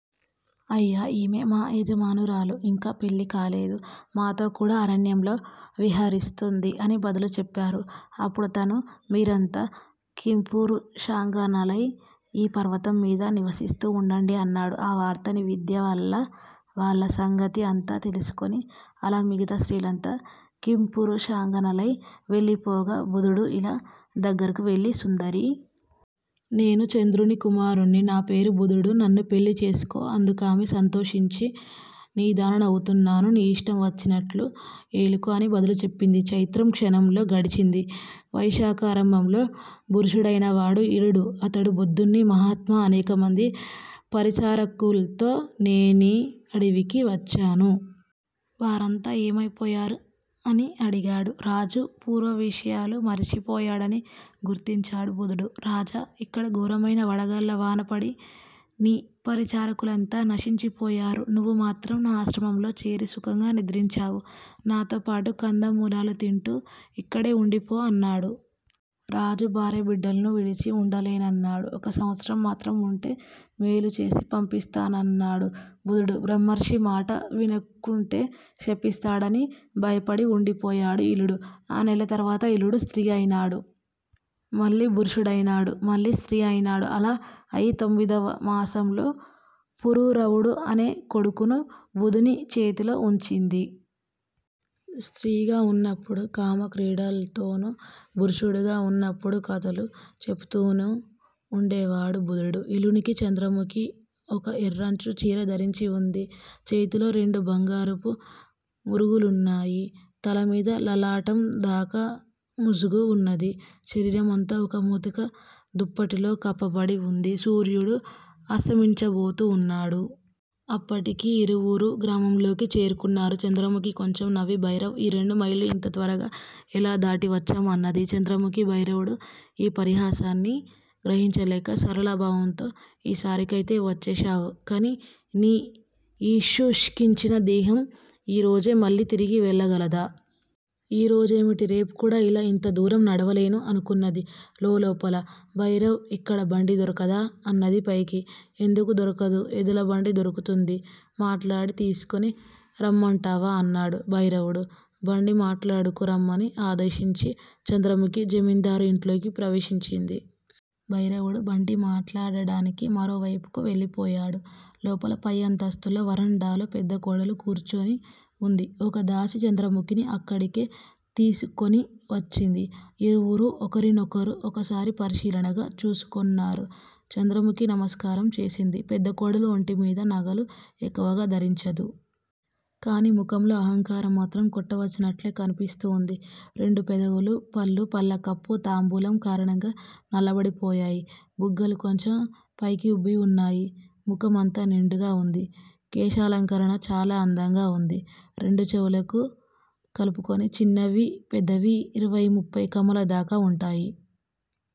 అయ్యా! ఈమె మా యజమానురాలు. ఇంకా పెళ్లి కాలేదు. మాతో కూడా అరణ్యంలో విహరిస్తూంది అని బదులు చెప్పారు. అప్పుడతను మీరంతా కింపురుషాంగనలై ఈ పర్వతం మీద నివసిస్తూ వుండండి అన్నాడు. ఆవార్తని విద్య వల్ల వాళ్ల సంగతి అంతా తెలుసుకొని. అలా మిగతా స్త్రీలంతా కింపురుషాంగనలై వెళ్లిపోగా బుధుడు ఇళ దగ్గరకు వెళ్ళి సుందరీ! నేను చంద్రుని కుమారుణ్ణి. నా పేరు బుధుడు. నన్ను పెళ్ళి చేసుకో. అందుకామె సంతోషించి నీదాన నవుతున్నాను. నీ ఇష్టం వచ్చినట్లు ఏలుకో అని బదులు చెప్పింది. చైత్రం క్షణంలో గడిచింది. వైశాఖారంభంలో పుఋషుడైనాడు ఇళుడు. అతడు బుధుణ్ని మహాత్మా! అనేకమంది పరిచారకుల్తో నేనీ అడవికి వచ్చాను. వారంతా ఏమైపోయారు? ' అని అడిగాడు. రాజు పూర్వ విషయాలు మరచిపోయాడని గుర్తించాడు బుధుడు. రాజా! ఇక్కడ ఘోరమైన వడగళ్ళ వాన పడి నీ పరిచారకులంతా నశించిపోయారు. నువ్వు మాత్రం నా ఆశ్రమంలో చేరి సుఖంగా నిద్రించావు. నాతోపాటు కందమూలాలు తింటూ ఇక్కడే వుండిపో అన్నాడు. రాజు భార్యాబిడ్డల్ను విడిచి వుండలేనన్నాడు. ఒక్క సంవత్సరం మాత్రం వుంటే మేలు చేసి పంపిస్తా నన్నాడు బుధుడు. బ్రహ్మర్షి మాట వినకుంటే శపిస్తాడని భయపడి వుండిపోయాడు ఇళుడు. ఆ నెల తర్వాత ఇళుడు స్త్రీ అయినాడు. మళ్లీ పుఋషుడైనాడు. మళ్ళీ స్త్రీ అయినాడు. అలా అయి తొమ్మిదవ మాసంలో పురూరవుడు అనే కొడుకును బుధుని చేతిలో ఉంచింది. స్త్రీగా వున్నప్పుడు కామక్రీడల్తోనూ, పుఋషుడుగా వున్నప్పుడు కథలు చెపుతూనూ వుండేవాడు బుధుడు ఇళునికి. చంద్రముఖి ఒక ఎర్రంచు చీర ధరించి వుంది. చేతిలో రెండు బంగారపు మురుగులున్నాయి. తల మీద లలాటం దాకా ముసుగు వున్నది. శరీరమంతా ఒక ముతక దుప్పటిలో కప్పబడి వుంది. సూర్యుడు అస్తమించబోతూ వున్నాడు. అప్పటికి ఇరువురూ గ్రామంలోకి చేరుకున్నారు. చంద్రముఖి కొంచెం నవ్వి భైరవ్! ఈ రెండు మైళ్ళు ఇంత త్వరగా ఎలా దాటి వచ్చాం? అన్నది చంద్రముఖి. భైరవుడు ఈ పరిహాసాన్ని గ్రహించలేక సరళ భావంతో_ ఈ సారికైతే వచ్చేశావు. కాని నీ యీ శుష్కించిన దేహం ఈ రోజే మళ్ళీ తిరిగి వెళ్ళగలదా? 'ఈ రోజేమిటి? రేపు కూడా ఇలా ఇంత దూరం నడవలేను. ' అనుకున్నది లోలోపల. భైరవ్! ఇక్కడ బండి దొరకదా? అన్నది పైకి. ఎందుకు దొరకదు? ఎద్దులబండి దొరుకుతుంది. మాట్లాడి తీసికొని రమ్మంటావా? అన్నాడు భైరవుడు. బండి మాట్లాడుకు రమ్మని ఆదేశించి చంద్రముఖి జమీందారు ఇంట్లోకి ప్రవేశించింది. భైరవుడు బండి మాట్లాడటానికి మరోవైపుకు వెళ్ళిపోయాడు. లోపల పై అంతస్తులోని వరండాలో పెద్ద కోడలు కూర్చొని వుంది. ఒక దాసీ చంద్రముఖిని అక్కడికే తీసికొని వచ్చింది. ఇరువురూ ఒకరినొకరు ఒకసారి పరిశీలనగా చూసుకొన్నారు. చంద్రముఖి నమస్కారం చేసింది. పెద్దకోడలు ఒంటి మీద నగలు ఎక్కువగా ధరించదు. కాని ముఖంలో అహంకారం మాత్రం కొట్టవచ్చినట్లే కన్పిస్తూ వుంది. రెండు పెదవులు, పళ్ళు పళ్ళకప్పు, తాంబూలం కారణంగా నల్లబడిపోయాయి. బుగ్గలు కొంచెం పైకి ఉబ్బి వున్నాయి. ముఖం అంతా నిండుగా వుంది. కేశాలంకరణ చాలా అందంగా వుంది. రెండు చెవులకూ కలుపుకొని చిన్నవీ, పెద్దవీ ఇరవై ముప్పై కమ్మలదాకా వుంటాయి.